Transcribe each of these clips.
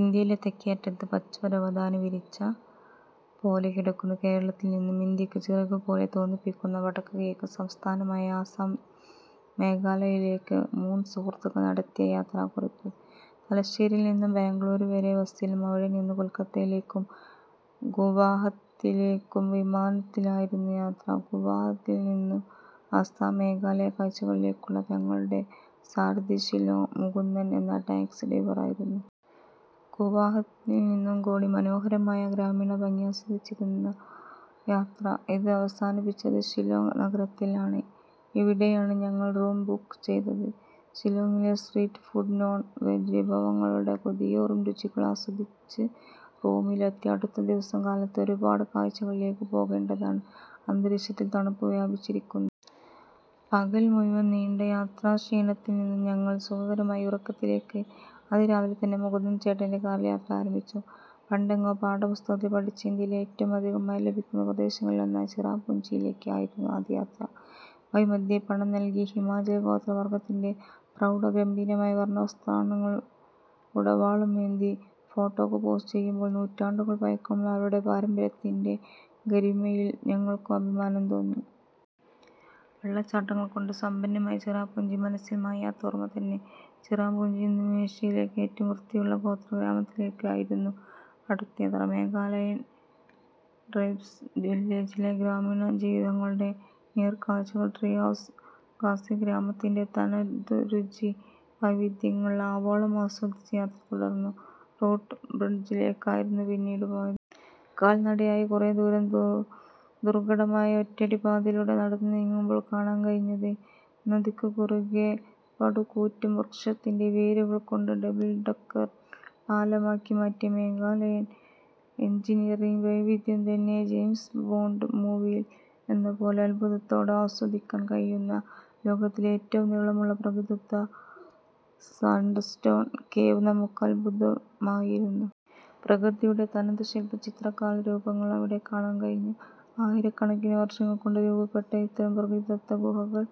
ഇന്ത്യയുടെ തെക്കേയറ്റത്ത് പച്ചപരവതാനി വിരിച്ച പോലെ കിടക്കുന്ന കേരളത്തിൽ നിന്നു ഇന്ത്യക്ക് ചിറക് പോലെ തോന്നിപ്പിക്കുന്ന വടക്ക് കിഴക്കൻ സംസ്ഥാനമായ അസം, മേഘാലയയിലേക്ക് മൂന്നുസുഹൃത്തുക്കൾ നടത്തിയ യാത്രാക്കുറിപ്പ്. തലശ്ശേരിയിൽനിന്നു ബെംഗളൂരു വരെ ബസിലും അവിടെ നിന്ന് കൊൽക്കത്തയിലേക്കും ഗുവാഹത്തിയിലേക്കും വിമാനത്തിലായിരുന്നു യാത്ര. ഗുവാഹത്തിയിൽനിന്നും അസാം, മേഘാലയ കാഴ്ചകളിലേക്കുള്ള ഞങ്ങളുടെ സാരഥി ഷിലോങ്ങ് മുകുന്ദൻ എന്ന ടാക്സി ഡ്രൈവറായിരുന്നു. ഗുവാഹത്തിയിൽ നിന്നും കൂടി മനോഹരമായ ഗ്രാമീണഭംഗി ആസ്വദിച്ചയാരുന്ന യാത്ര. ഇത് അവസാനിപ്പിച്ചത് ഷിലോങ്ങ് നഗരത്തിൽ ആണ്. ഇവിടെയാണ് ഞങ്ങൾ റൂം ബുക്ക് ചെയ്തത്. ഷിലോങ്ങിലെ സ്ട്രീറ്റ് ഫുഡ് നോൺ വെജ് വിഭവങ്ങളുടെ കൊതിയൂറും രുചികൾ ആസ്വദിച്ച് റൂമിലെത്തി. അടുത്ത ദിവസം കാലത്ത് ഒരുപാട് കാഴ്ചകളിലേക്കു പോകേണ്ടതാണ്, അന്തരീക്ഷത്തിൽ തണുപ്പ് വ്യാപിച്ചിരിക്കുന്നു. പകൽ മുഴുവൽ നീണ്ട യാത്രാക്ഷീണത്തിൽനിന്ന് ഞങ്ങൾ സുഖകരമായ ഉറക്കത്തിലേക്ക് അതിരാവിലെതന്നെ മുകുന്ദൻ ചേട്ടന്‍റെ കാറിൽ യാത്ര ആരംഭിച്ചു. പണ്ടെങ്ങോ പാഠപുസ്തകത്തിൽ പഠിച്ച ഇന്ത്യയിൽ ഏറ്റവും അധികം മഴ ലഭിക്കുന്ന പ്രദേശങ്ങളിൽ ഒന്നായ ചിറാപുഞ്ചിയിലേക്ക് ആയിരുന്നു ആദ്യ യാത്ര. വഴിമധ്യേ പണം നൽകി ഹിമാചൽ ഗോത്രവർഗ്ഗത്തിന്‍റെ പ്രൗഢഗംഭീരമായ വർണവസ്ത്രണങ്ങൾ ഉടവാളുമേന്തി ഫോട്ടോക്ക് പോസ് ചെയുമ്പോൾ നൂറ്റാണ്ടുകൾ പഴക്കമുള്ള അവരുടെ പാരമ്പര്യത്തിന്‍റെ ഗരിമയിൽ ഞങ്ങൾക്കും അഭിമാനം തോന്നി. വെള്ളച്ചാട്ടങ്ങൾകൊണ്ട് സമ്പന്നമായ ചിറാപുഞ്ചി മനസ്സിൽ മായാത്ത ഓർമ തന്നെ. ചിറാപുഞ്ചിയിൽനിന്നും ഏഷ്യയിലേക്ക് ഏറ്റവും വൃത്തിയുള്ള ഗോത്ര ഗ്രാമത്തിലേക്ക് ആയിരുന്നു അടുത്തയാത്ര. മേഘാലയൻ ട്രൈബ്സ് വില്ലേജിലെ ഗ്രാമീണ ജീവിതങ്ങളുടെ നേർക്കാഴ്ചകൾ, ട്രീ ഹൗസ്, ഖാസി ഗ്രാമത്തിന്‍റെ തനതുരുചി വൈവിദ്ധ്യങ്ങൾ ആവോളം ആസ്വദിച്ച് യാത്ര തുടർന്നു. റൂട്ട് ബ്രഡ്ജിലേക്കായിരുന്നു പിന്നീട്പോയത്. കാൽനടയായി കുറേദൂരംദോ ദുർഘടമായ ഒറ്റയടി പാതയിലൂടെ നടന്നു നീങ്ങുമ്പോൾ കാണാൻ കഴിഞ്ഞത് നദിക്കുകുറുകെ പടുകൂറ്റൻ വൃക്ഷത്തിന്‍റെ വേരുകൾ കൊണ്ട് ഡബിൾഡക്കർ പാലമാക്കി മാറ്റിയ മേഘാലയൻ എൻജിനിയറിങ് വൈവിദ്ധ്യംതന്നെ. ജെയിംസ് ബോണ്ട് മൂവിയിൽ എന്നപോലെ അദ്ഭുതത്തോടെ ആസ്വദിക്കാൻ കഴിയുന്ന ലോകത്തിലെ ഏറ്റവും നീളമുള്ള പ്രകൃതിദത്ത സാൻഡ്സ്റ്റോൺ കേവ് നമ്മുക്ക് അദ്ഭുതമായിരുന്നു. പ്രകൃതിയുടെ തനതു ശിൽപ, ചിത്രകലാ രൂപങ്ങൾ അവിടെ കാണാൻ കഴിഞ്ഞു. ആയിരക്കണക്കിന് വർഷങ്ങൾ കൊണ്ട് രൂപപ്പെട്ട ഇത്തരം പ്രകൃതിദത്ത ഗുഹകൾ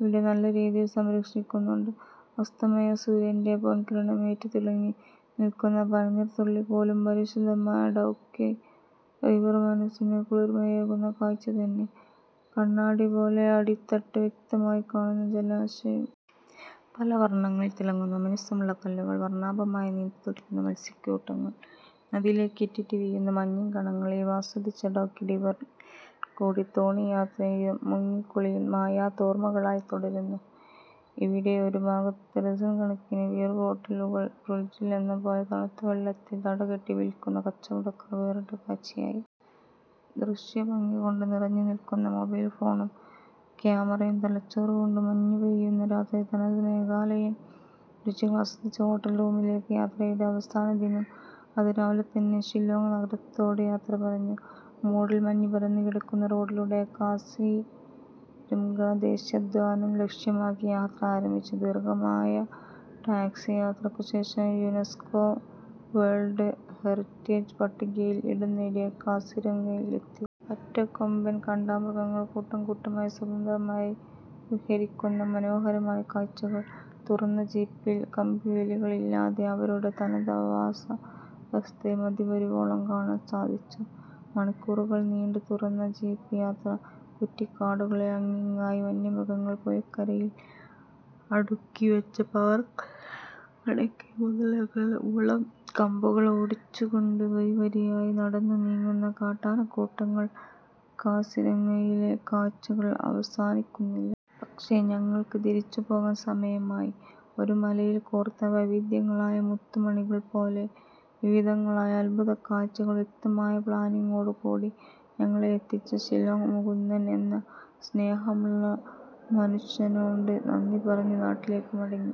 ഇവിടെ നല്ലരീതിയിൽ സംരക്ഷിക്കുന്നുണ്ട്. അസ്തമയ സൂര്യന്‍റെ പൊൻകിരണമേറ്റ് തിളങ്ങി നിൽക്കുന്ന പനിനീർതുള്ളി പോലും പരിശുദ്ധമായ ഡൗക്കി റിവർ മനസിന് കുളിർമയേകുന്ന കാഴ്ച തന്നെ. കണ്ണാടിപോലെ അടിത്തട്ട് വ്യക്തമായി കാണുന്ന ജലാശയം. പലവർണ്ണങ്ങളിൽ തിളങ്ങുന്ന മിനുസമുള്ള കല്ലുകൾ, വർണാഭമായി നീന്തി തുടിക്കുന്ന മൽസ്യകൂട്ടങ്ങൾ, നദിയിലേക്കു ഇറ്റിറ്റു വീഴുന്ന മഞ്ഞിൻ കണങ്ങൾ ഇവ ആസ്വദിച്ച് ഡൗക്കി റിവറിൽകൂടി തോണി യാത്രയും മുങ്ങികുളിയും മായാത്ത ഓർമകളായി തുടരുന്നു. ഇവിടെ ഒരു ഭാഗത്തു ഡസൻകണക്കിന് ബിയർബോട്ടിലുകൾ ഫ്രിഡ്ജിൽ എന്നപോലെ തണുത്ത വെള്ളത്തിൽ തടകെട്ടി വിൽക്കുന്ന കച്ചവടക്കാർ വേറിട്ട കാഴ്ചയായി. ദൃശ്യ ഭംഗികൊണ്ട് നിറഞ്ഞു നിൽക്കുന്ന മൊബൈൽ ഫോണും, ക്യാമറയും തലച്ചോറുംകൊണ്ട് മഞ്ഞു പെയ്യുന്നരാത്രിയിൽ തനതു മേഘാലയൻ രുചികൾ ആസ്വദിച്ചു ഹോട്ടൽ റൂമിലേക്ക്. യാത്രയുടെ അവസാന ദിനം അതിരാവിലെതന്നെ ഷിലോങ്ങ് നഗരത്തോട് യാത്രപറഞ്ഞു. മൂടൽമഞ്ഞു പരന്നുകിടക്കുന്ന റോഡിലൂടെ കാസിരംഗ ദേശീയോദ്യാനം ലക്ഷ്യമാക്കി യാത്ര ആരംഭിച്ചു. ദീർഘമായ ടാക്സി യാത്രയ്ക്കുശേഷം, യൂനസ്കോ വേൾഡ് ഹെറിറ്റേജ് പട്ടികയിൽ ഇടംനേടിയ കാസിരംഗയിൽ എത്തി. ഒറ്റക്കൊമ്പൻ കാണ്ടാമൃഗങ്ങൾ കൂട്ടംകൂട്ടമായി സ്വതന്ത്രമായി വിഹരിക്കുന്ന മനോഹരമായ കാഴ്ച്ചകൾ, തുറന്ന ജീപ്പിൽ കമ്പിവേലികൾ ഇല്ലാതെ അവരുടെ തനത് ആവാസ വ്യവസ്ഥയിൽ മതിവരുവോളം കാണാൻ സാധിച്ചു. മണിക്കൂറുകൾനീണ്ട തുറന്ന ജീപ്പ് യാത്ര കുറ്റിക്കാടുകളിൽ അങ്ങിങ്ങായി വന്യമൃഗങ്ങൾ, പുഴക്കരയിൽ അടുക്കിവെച്ച പാറകല്ലുകൾ കണക്കെ മുതലകൾ, മുളംകമ്പുകൾ ഒടിച്ചുകൊണ്ട് വരിവരിയായി നടന്നു നീങ്ങുന്ന കാട്ടാനകൂട്ടങ്ങൾ, കാസിരംഗയിലെ കാഴ്ചകൾ അവസാനിക്കുന്നില്ല. പക്ഷേ ഞങ്ങൾക്ക് തിരിച്ചുപോകാൻ സമയമായി. ഒരു മാലയിൽ കോർത്ത വൈവിദ്ധ്യങ്ങളായ മുത്ത് മണികൾ പോലെ വിവിധങ്ങളായ അത്ഭുതകാഴ്ചൾ വ്യക്തമായ പ്ലാനിങ്ങോടുകൂടി ഞങ്ങളെ എത്തിച്ച ഷിലോങ്ങ് മുകുന്ദൻ എന്ന സ്നേഹമുള്ള മനുഷനോട് നന്ദി പറഞ്ഞു നാട്ടിലേക്കു മടങ്ങി.